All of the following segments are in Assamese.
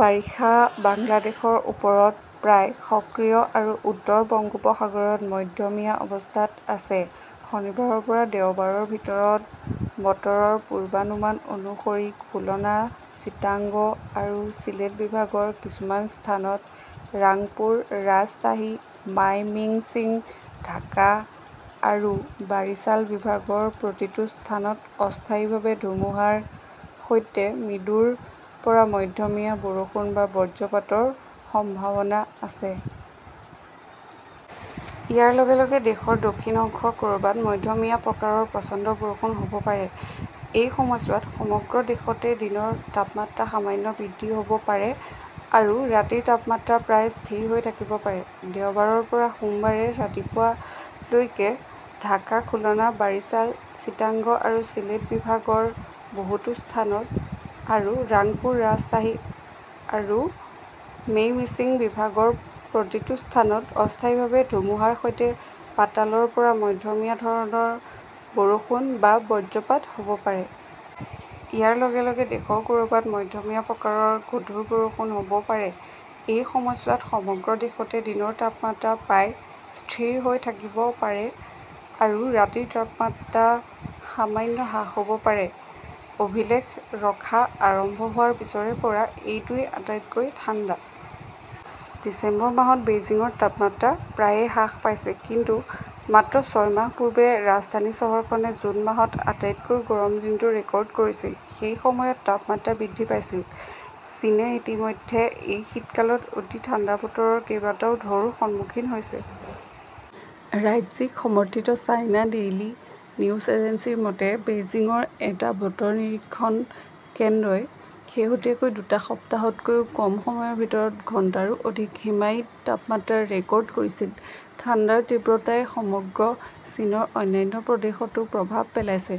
বাৰিষা বাংলাদেশৰ ওপৰত প্ৰায় সক্ৰিয় আৰু উত্তৰ বংগোপসাগৰত মধ্যমীয়া অৱস্থাত আছে। শনিবাৰৰ পৰা দেওবাৰৰ ভিতৰত বতৰৰ পূৰ্বানুমান অনুসৰি, খুলনা, চিটাগং আৰু চিলেট বিভাগৰ কিছুমান স্থানত আৰু ৰাংপুৰ, ৰাজশ্বাহী, মাইমিংছিং, ঢাকা আৰু বাৰিছাল বিভাগৰ প্ৰতিটো স্থানত অস্থায়ীভাৱে ধুমুহাৰ সৈতে মৃদুৰ পৰা মধ্যমীয়া বৰষুণ বা বজ্ৰপাতৰ সম্ভাৱনা আছে। ইয়াৰ লগে লগে দেশৰ দক্ষিণ অংশৰ ক'ৰবাত মধ্যমীয়া প্ৰকাৰৰ প্ৰচণ্ড বৰষুণ হ'ব পাৰে। এই সময়ছোৱাত সমগ্ৰ দেশতে দিনৰ তাপমাত্ৰা সামান্য বৃদ্ধি হ'ব পাৰে আৰু ৰাতিৰ তাপমাত্ৰা প্ৰায় স্থিৰ হৈ থাকিব পাৰে। দেওবাৰৰ পৰা সোমবাৰে ৰাতিপুৱা লৈকে ঢাকা, খুলনা, বাৰিছাল, চিটাগং আৰু চিলেট বিভাগৰ বহুতো স্থানত আৰু ৰাংপুৰ, ৰাজশ্বাহী আৰু মেইমেশ্বিং বিভাগৰ প্ৰতিটো স্থানত অস্থায়ীভাৱে ধুমুহাৰ সৈতে পাতলৰ পৰা মধ্যমীয়া ধৰণৰ বৰষুণ বা বজ্ৰপাত হ'ব পাৰে। ইয়াৰ লগে লগে দেশৰ ক'ৰবাত মধ্যমীয়া প্ৰকাৰৰ গধুৰ বৰষুণ হ'ব পাৰে। এই সময়ছোৱাত সমগ্ৰ দেশতে দিনৰ তাপমাত্ৰা প্ৰায় স্থিৰ হৈ থাকিব পাৰে আৰু ৰাতিৰ তাপমাত্ৰা সামান্য হ্ৰাস পাব পাৰে। অভিলেখ ৰখা আৰম্ভ হোৱাৰ পিছৰে পৰা এইটোৱেই আটাইতকৈ ঠাণ্ডা। ডিচেম্বৰ মাহত বেইজিংৰ তাপমাত্ৰা প্ৰায়ে হ্ৰাস পাইছে। কিন্তু মাত্ৰ ছয় মাহ পূৰ্বে ৰাজধানী চহৰখনে জুন মাহত আটাইতকৈ গৰম দিনটো ৰেকৰ্ড কৰিছিল। সেই সময়ত তাপমাত্ৰা বৃদ্ধি পাইছিল। চীনে ইতিমধ্যে এই শীতকালত অতি ঠাণ্ডা বতৰৰ কেইবাটাও ঢৌৰ সন্মুখীন হৈছে। ৰাজ্যিক সমৰ্থিত চাইনা ডেইলী নিউজ এজেন্সিৰ মতে, বেইজিংৰ এটা বতৰ নিৰীক্ষণ কেন্দ্ৰই শেহতীয়াকৈ দুসপ্তাহতকৈও কম সময়ৰ ভিতৰত ঘণ্টাৰো অধিক হিমায়িত তাপমাত্ৰা ৰেকৰ্ড কৰিছিল। ঠাণ্ডাৰ তীব্ৰতাই সমগ্ৰ চীনৰ অন্যান্য প্ৰদেশতো প্ৰভাৱ পেলাইছে।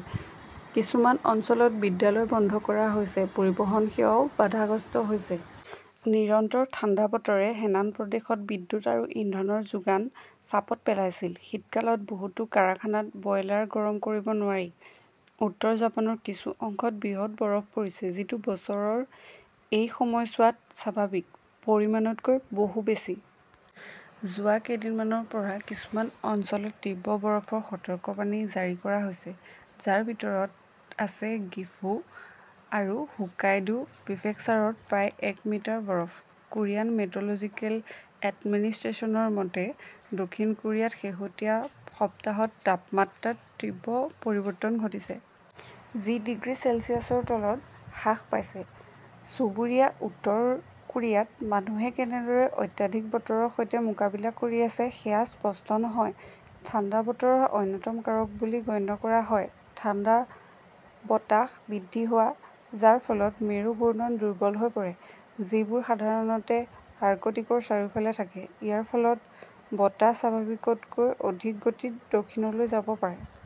কিছুমান অঞ্চলত বিদ্যালয় বন্ধ কৰা হৈছে, পৰিবহণ সেৱাও বাধাগ্ৰস্ত হৈছে। নিৰন্তৰ ঠাণ্ডা বতৰে হেনান প্ৰদেশত বিদ্যুৎ আৰু ইন্ধনৰ যোগান চাপত পেলাইছিল। শীতকালত বহুতো কাৰখানাত বয়লাৰ গৰম কৰিব নোৱাৰি। উত্তৰ জাপানৰ কিছু অংশত বৃহৎ বৰফ পৰিছে, যিটো বছৰৰ এই সময়ছোৱাত স্বাভাৱিক পৰিমাণতকৈ বহু বেছি। যোৱা কেইদিনমানৰ পৰা কিছুমান অঞ্চলত তীব্ৰ বৰফৰ সতৰ্কবাণী জাৰি কৰা হৈছে, যাৰ ভিতৰত আছে গিফু আৰু হোক্কাইডো প্ৰিফেকচাৰত প্ৰায় এক মিটাৰ বৰফ। কোৰিয়ান মেট্ৰ'লজিকেল এডমিনিষ্ট্ৰেশ্যনৰ মতে, দক্ষিণ কোৰিয়াত শেহতীয়া সপ্তাহত তাপমাত্ৰাত তীব্ৰ পৰিৱৰ্তন ঘটিছে। যি ডিগ্ৰী চেলছিয়াছৰ তলত হ্ৰাস পাইছে। চুবুৰীয়া উত্তৰ কোৰিয়াত মানুহে কেনেদৰে অত্যাধিক বতৰৰ সৈতে মোকাবিলা কৰি আছে সেয়া স্পষ্ট নহয়। ঠাণ্ডা বতৰৰ অন্যতম কাৰক বুলি গণ্য কৰা হয়, ঠাণ্ডা বতাহ বৃদ্ধি হোৱা, যাৰ ফলত মেৰু ঘূৰ্ণন দুৰ্বল হৈ পৰে, যিবোৰ সাধাৰণতে আৰ্কটিকৰ চাৰিওফালে থাকে। ইয়াৰ ফলত বতাহ স্বাভাৱিকতকৈ অধিক গতিত দক্ষিণলৈ যাব পাৰে।